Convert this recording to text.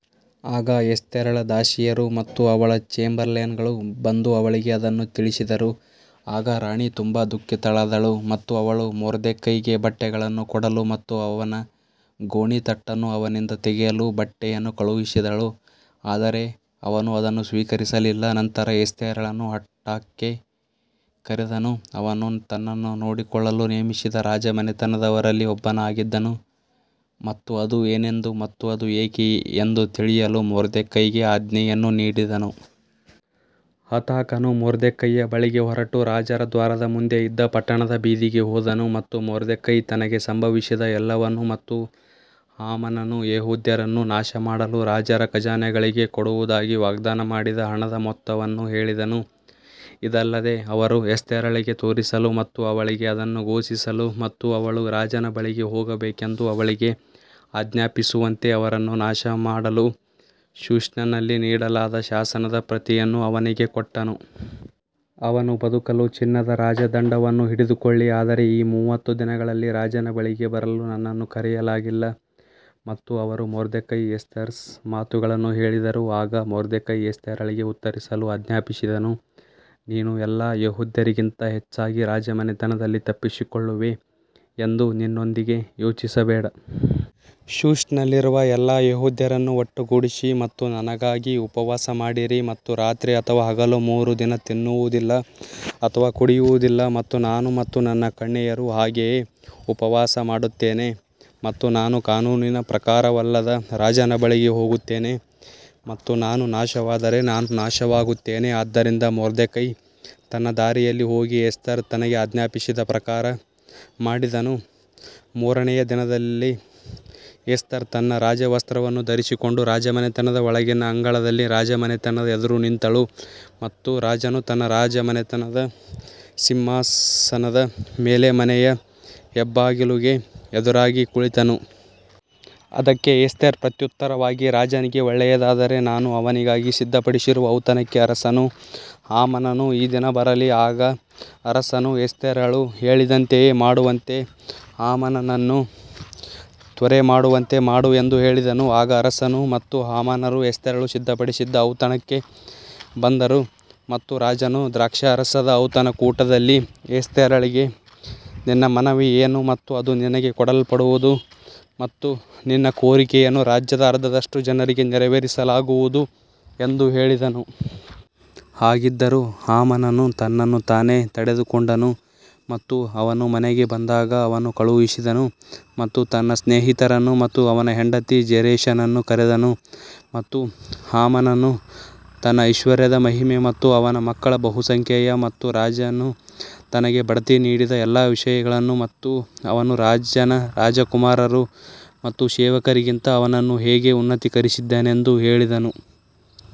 ಆಗ ಎಸ್ತೇರಳ ದಾಸಿಯರು ಮತ್ತು ಅವಳ ಚೇಂಬರ್ಲೇನ್ಗಳು ಬಂದು ಅವಳಿಗೆ ಅದನ್ನು ತಿಳಿಸಿದರು ಆಗ ರಾಣಿ ತುಂಬಾ ದುಃಖಿತಳಾದಳು ಮತ್ತು ಅವಳು ಮೊರ್ದೆಕೈಗೆ ಬಟ್ಟೆಗಳನ್ನು ಕೊಡಲು ಮತ್ತು ಅವನ ಗೋಣೀತಟ್ಟನ್ನು ಅವನಿಂದ ತೆಗೆಯಲು ಬಟ್ಟೆಯನ್ನು ಕಳುಹಿಸಿದಳು ಆದರೆ ಅವನು ಅದನ್ನು ಸ್ವೀಕರಿಸಲಿಲ್ಲ. ನಂತರ ಎಸ್ತೇರಳನ್ನು ಹಟಾಕ್ಗೆ ಕರೆದನು, ಅವನು ತನ್ನನ್ನು ನೋಡಿಕೊಳ್ಳಲು ನೇಮಿಸಿದ ರಾಜಮನೆತನದವರಲ್ಲಿ ಒಬ್ಬನಾಗಿದ್ದನು ಮತ್ತು ಅದು ಏನೆಂದು ಮತ್ತು ಅದು ಏಕೆ ಎಂದು ತಿಳಿಯಲು ಮೊರ್ದೆಕೈಗೆ ಆಜ್ಞೆಯನ್ನು ನೀಡಿದನು. ಹತಾಕನು ಮೊರ್ದೆಕೈಯ ಬಳಿಗೆ ಹೊರಟು ರಾಜರ ದ್ವಾರದ ಮುಂದೆ ಇದ್ದ ಪಟ್ಟಣದ ಬೀದಿಗೆ ಹೋದನು. ಮತ್ತು ಮೊರ್ದೆಕೈ ತನಗೆ ಸಂಭವಿಸಿದ ಎಲ್ಲವನ್ನೂ ಮತ್ತು ಹಾಮಾನನು ಯೆಹೂದ್ಯರನ್ನು ನಾಶಮಾಡಲು ರಾಜರ ಖಜಾನೆಗಳಿಗೆ ಕೊಡುವುದಾಗಿ ವಾಗ್ದಾನ ಮಾಡಿದ ಹಣದ ಮೊತ್ತವನ್ನು ಹೇಳಿದನು. ಇದಲ್ಲದೆ ಅವರು ಎಸ್ತೇರಳಿಗೆ ತೋರಿಸಲು ಮತ್ತು ಅವಳಿಗೆ ಅದನ್ನು ಘೋಷಿಸಲು ಮತ್ತು ಅವಳು ರಾಜನ ಬಳಿಗೆ ಹೋಗಬೇಕೆಂದು ಅವಳಿಗೆ ಆಜ್ಞಾಪಿಸುವಂತೆ ಅವರನ್ನು ನಾಶಮಾಡಲು ಶೂಷನ್ನಲ್ಲಿ ನೀಡಲಾದ ಶಾಸನದ ಪ್ರತಿಯನ್ನು ಅವನಿಗೆ ಕೊಟ್ಟನು. ಅವನು ಬದುಕಲು ಚಿನ್ನದ ರಾಜದಂಡವನ್ನು ಹಿಡಿದುಕೊಳ್ಳಿ ಆದರೆ ಈ ಮೂವತ್ತು ದಿನಗಳಲ್ಲಿ ರಾಜನ ಬಳಿಗೆ ಬರಲು ನನ್ನನ್ನು ಕರೆಯಲಾಗಿಲ್ಲ ಮತ್ತು ಅವರು ಮೊರ್ದೆಕೈ ಎಸ್ತರ್ಸ್ ಮಾತುಗಳನ್ನು ಹೇಳಿದರು ಆಗ ಮೊರ್ದೆಕೈ ಎಸ್ತೇರಳಿಗೆ ಉತ್ತರಿಸಲು ಆಜ್ಞಾಪಿಸಿದನು, ನೀನು ಎಲ್ಲಾ ಯೆಹೂದ್ಯರಿಗಿಂತ ಹೆಚ್ಚಾಗಿ ರಾಜಮನೆತನದಲ್ಲಿ ತಪ್ಪಿಸಿಕೊಳ್ಳುವೆ ಎಂದು ನಿನ್ನೊಂದಿಗೆ ಯೋಚಿಸಬೇಡ. ಶೂಷನ್ನಲ್ಲಿರುವ ಎಲ್ಲಾ ಯೆಹೂದ್ಯರನ್ನು ಒಟ್ಟುಗೂಡಿಸಿ ಮತ್ತು ನನಗಾಗಿ ಉಪವಾಸ ಮಾಡಿರಿ ಮತ್ತು ರಾತ್ರಿ ಅಥವಾ ಹಗಲು ಮೂರು ದಿನ ತಿನ್ನುವುದಿಲ್ಲ ಅಥವಾ ಕುಡಿಯುವುದಿಲ್ಲ ಮತ್ತು ನಾನು ಮತ್ತು ನನ್ನ ಕನ್ಯೆಯರು ಹಾಗೆಯೇ ಉಪವಾಸ ಮಾಡುತ್ತೇನೆ ಮತ್ತು ನಾನು ಕಾನೂನಿನ ಪ್ರಕಾರವಲ್ಲದ ರಾಜನ ಬಳಿಗೆ ಹೋಗುತ್ತೇನೆ. ಮತ್ತು ನಾನು ನಾಶವಾದರೆ ನಾನು ನಾಶವಾಗುತ್ತೇನೆ ಆದ್ದರಿಂದ ಮೊರ್ದೆಕೈ ತನ್ನ ದಾರಿಯಲ್ಲಿ ಹೋಗಿ ಎಸ್ತರ್ ತನಗೆ ಆಜ್ಞಾಪಿಸಿದ ಪ್ರಕಾರ ಮಾಡಿದನು ಮೂರನೆಯ ದಿನದಲ್ಲಿ ಎಸ್ತರ್ ತನ್ನ ರಾಜವಸ್ತ್ರವನ್ನು ಧರಿಸಿಕೊಂಡು ರಾಜಮನೆತನದ ಒಳಗಿನ ಅಂಗಳದಲ್ಲಿ ರಾಜಮನೆತನದ ಎದುರು ನಿಂತಳು ಮತ್ತು ರಾಜನು ತನ್ನ ರಾಜಮನೆತನದ ಸಿಂಹಾಸನದ ಮೇಲೆ ಮನೆಯ ಹೆಬ್ಬಾಗಿಲುಗೆ ಎದುರಾಗಿ ಕುಳಿತನು. ಅದಕ್ಕೆ ಎಸ್ತೇರ್ ಪ್ರತ್ಯುತ್ತರವಾಗಿ ರಾಜನಿಗೆ ಒಳ್ಳೆಯದಾದರೆ ನಾನು ಅವನಿಗಾಗಿ ಸಿದ್ಧಪಡಿಸಿರುವ ಔತಣಕ್ಕೆ ಅರಸನೂ ಹಾಮಾನನೂ ಈ ದಿನ ಬರಲಿ. ಆಗ ಅರಸನು ಎಸ್ತೇರಳು ಹೇಳಿದಂತೆಯೇ ಮಾಡುವಂತೆ ಹಾಮಾನನನ್ನು ತ್ವರೆಮಾಡುವಂತೆ ಮಾಡು ಎಂದು ಹೇಳಿದನು, ಆಗ ಅರಸನು ಮತ್ತು ಹಾಮಾನರು ಎಸ್ತೇರಳು ಸಿದ್ಧಪಡಿಸಿದ್ದ ಔತಣಕ್ಕೆ ಬಂದರು. ಮತ್ತು ರಾಜನು ದ್ರಾಕ್ಷಾರಸದ ಔತಣಕೂಟದಲ್ಲಿ ಎಸ್ತೇರಳಿಗೆ ನಿನ್ನ ಮನವಿ ಏನು ಮತ್ತು ಅದು ನಿನಗೆ ಕೊಡಲ್ಪಡುವುದು ಮತ್ತು ನಿನ್ನ ಕೋರಿಕೆಯನ್ನು ರಾಜ್ಯದ ಅರ್ಧದಷ್ಟು ಜನರಿಗೆ ನೆರವೇರಿಸಲಾಗುವುದು ಎಂದು ಹೇಳಿದನು. ಹಾಗಿದ್ದರೂ ಹಾಮಾನನು ತನ್ನನ್ನು ತಾನೇ ತಡೆದುಕೊಂಡನು ಮತ್ತು ಅವನು ಮನೆಗೆ ಬಂದಾಗ ಅವನು ಕಳುಹಿಸಿದನು ಮತ್ತು ತನ್ನ ಸ್ನೇಹಿತರನ್ನು ಮತ್ತು ಅವನ ಹೆಂಡತಿ ಜೆರೆಷನನ್ನು ಕರೆದನು. ಮತ್ತು ಹಾಮಾನನು ತನ್ನ ಐಶ್ವರ್ಯದ ಮಹಿಮೆ ಮತ್ತು ಅವನ ಮಕ್ಕಳ ಬಹುಸಂಖ್ಯೆಯ ಮತ್ತು ರಾಜನು ತನಗೆ ಬಡ್ತಿ ನೀಡಿದ ಎಲ್ಲಾ ವಿಷಯಗಳನ್ನು ಮತ್ತು ಅವನು ರಾಜನ ರಾಜಕುಮಾರರು ಮತ್ತು ಸೇವಕರಿಗಿಂತ ಅವನನ್ನು ಹೇಗೆ ಉನ್ನತೀಕರಿಸಿದನೆಂದು ಹೇಳಿದನು.